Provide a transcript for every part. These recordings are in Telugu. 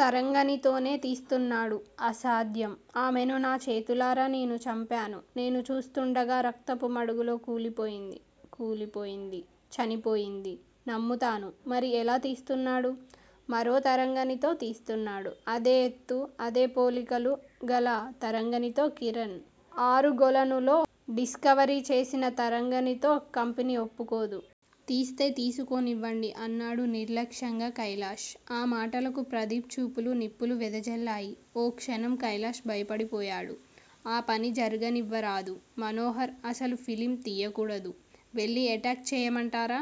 తరంగణితోనే తీస్తున్నాడు. అసాధ్యం ఆమెను నా చేతులారా నేను చంపాను. నేను చూస్తుండగా రక్తపు మడుగులో కూలిపోయింది. కూలిపోయింది, చనిపోయింది, నమ్ముతాను మరి ఎలా తీస్తున్నాడు? మరో తరంగణితో తీస్తున్నాడు. అదే ఎత్తు అదే పోలికలు గల తరంగణితో, కిరణ్ ఆరుగొలనులో డిస్కవరీ చేసిన తరంగణితో కంపెనీ ఒప్పుకోదు. తీస్తే తీసుకోనివ్వండి అన్నాడు నిర్లక్ష్యంగా కైలాష్. ఆ మాటలకు ప్రదీప్ చూపులు నిప్పులు వెదజల్లాయి. ఓ క్షణం కైలాష్ భయపడిపోయాడు. ఆ పని జరుగనివ్వరాదు. మనోహర్ అసలు ఫిల్మ్ తీయకూడదు. వెళ్ళి ఎటాక్ అవ్వమంటారా?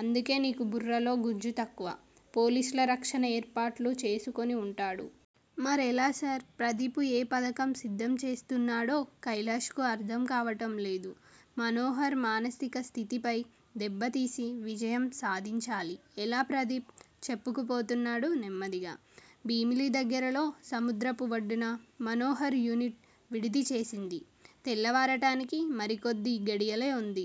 అందుకే నీకు బుర్రలో గుజ్జు తక్కువ. పోలీసుల రక్షణ ఏర్పాట్లు చేసుకొని వుంటాడు. మరెలా సార్? ప్రదీప్ ఏ పథకం సిద్దం చేస్తున్నాడో కైలాష్ కు అర్ధం కావటం లేదు. మనోహర్ మానసిక స్థితిపై దెబ్బతీసి విజయం సాధించాలి. ఎలా? ప్రదీప్ చెప్పుకుపోతున్నాడు నెమ్మదిగా. భీమిలి దగ్గరలో సముద్రపు ఒడ్డున మనోహర్ యూనిట్ విడిది చేసింది. తెల్లవారటానికి మరికొద్ది ఘడియలే వుంది.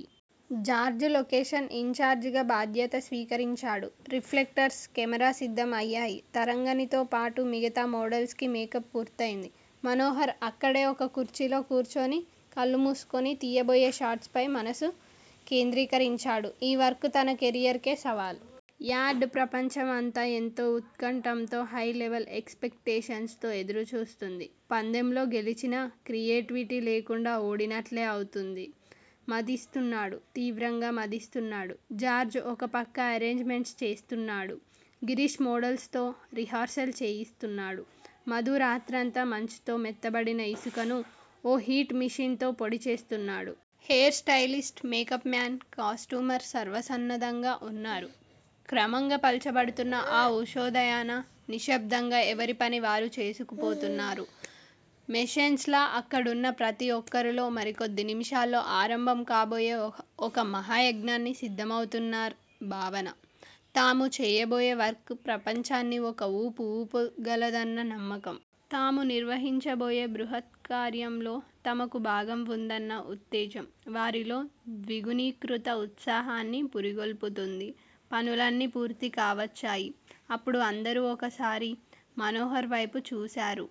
జార్జ్ లొకేషన్ ఇన్ చార్జిగా బాధ్యత స్వీకరించాడు. రిఫ్లెక్టర్స్, కెమేరా సిద్దం అయ్యాయి. తరంగణితో పాటు మిగతా మోడల్స్ కి మేకప్ పూర్తయింది. మనోహర్ అక్కడే ఒక కుర్చీలో కూర్చుని కళ్ళు మూసుకొని తీయబోయే షాట్స్ పై మనస్సు కేంద్రీకరించాడు. ఈ వర్క్ తన కేరియర్ కే సవాల్. యాడ్ ప్రపంచం అంతా ఎంతో ఉత్కంఠతో, హై లెవెల్ ఎక్స్ పెక్టేషన్స్ తో ఎదురుచూస్తోంది. పందెంలో గెల్చినా క్రియేటివిటీ లేకుండా ఓడినట్లే అవుతుంది. మధిస్తున్నాడు తీవ్రంగా మధిస్తున్నాడు. జార్జ్ ఒక ప్రక్క అరేంజ్ మెంట్స్ చూస్తున్నాడు. గిరీష్ మోడల్స్ తో రిహార్సల్స్ చేయిస్తున్నాడు. మధు రాత్రంతా మంచుతో మెత్తబడిన ఇసుకను ఓ హీట్ మెషిన్ తో పొడి చేస్తున్నాడు. Hair stylist, makeup man, costumer సర్వసన్నద్దంగా ఉన్నారు. క్రమంగా పల్చబడుతున్న ఆ ఉషోదయాన నిశ్శబ్ధంగా ఎవరిపని వారు చేసుకుపోతున్నారు మెషిన్స్ లా అక్కడున్న ప్రతి ఒక్కరిలో మరికొద్ది నిముషాల్లో ఆరంభం కాబోయే ఒక మహాయజ్ఞానికి సిద్దమవుతున్న భావన. తాము చేయబోయే వర్క్ ప్రపంచాన్ని ఒక ఊపు ఊపగలదన్న నమ్మకం. తాము నిర్వహించబోయే బృహత్కార్యంలో తమకు భాగం ఉందన్న ఉత్తేజం వారిలో ద్విగుణీకృత ఉత్సాహాన్ని పురిగొల్పుతోంది. పనులన్నీ పూర్తి కావచ్చాయి. అప్పుడు అందరూ ఓసారి మనోహర్ వైపు చూశారు.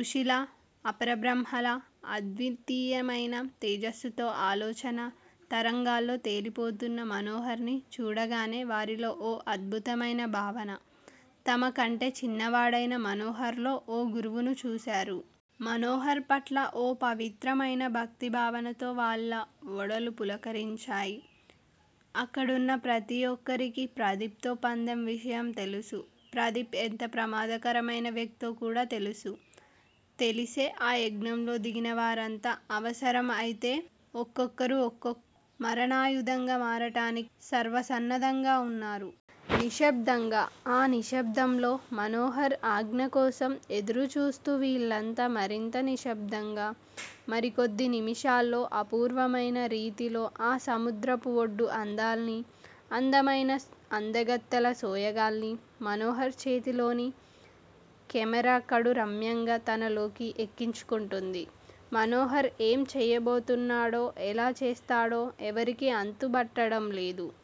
ఋషిలా, అపరబ్రహ్మలా, అద్వితీయమైన తేజస్సుతో ఆలోచనా తరంగాల్లో తేలిపోతున్న మనోహర్ ని చూడగానే వారిలో ఓ అద్భుతమైన భావన-తమ కంటే చిన్నవాడైన మనోహర్ లో ఒక గురువును చూశారు. మనోహర్ పట్ల ఓ పవిత్రమైన భక్తిభావంతో వాళ్ళ ఒడలు పులకరించాయి. అక్కడున్న ప్రతి ఒక్కరికి ప్రదీప్ తో పందెం విషయం తెలుసు__ప్రదీప్ ఎంత ప్రమాదకరమైన వ్యక్తో కూడా తెలుసు. తెలిసే ఆ యజ్ఞంలో దిగిన వారంతా అవసరం అయితే ఒక్కొక్కరు ఒక్కో మారణాయుధంగా మారటానికి సర్వసన్నద్దంగా వున్నారు. నిశ్శబ్దంగా ఆ నిశ్శబ్దంలో మనోహర్ ఆజ్ఞకోసం ఎదురు చూస్తూ వీళ్ళంతా మరింత నిశ్శబ్దంగా. మరికొద్ది నిముషాల్లో అపూర్వమైన రీతిలో ఆ సముద్రపు ఒడ్డు అందాల్ని, అందమైన అందగత్తెల సోయగాల్ని మనోహర్ చేతిలోని కెమేరా కడు రమ్యంగా తనలోకి ఎక్కించుకుంటుంది. మనోహర్ ఏం చేయబోతున్నాడో ఎలా చేస్తాడో ఎవరికీ అంతుబట్టడంలేదు.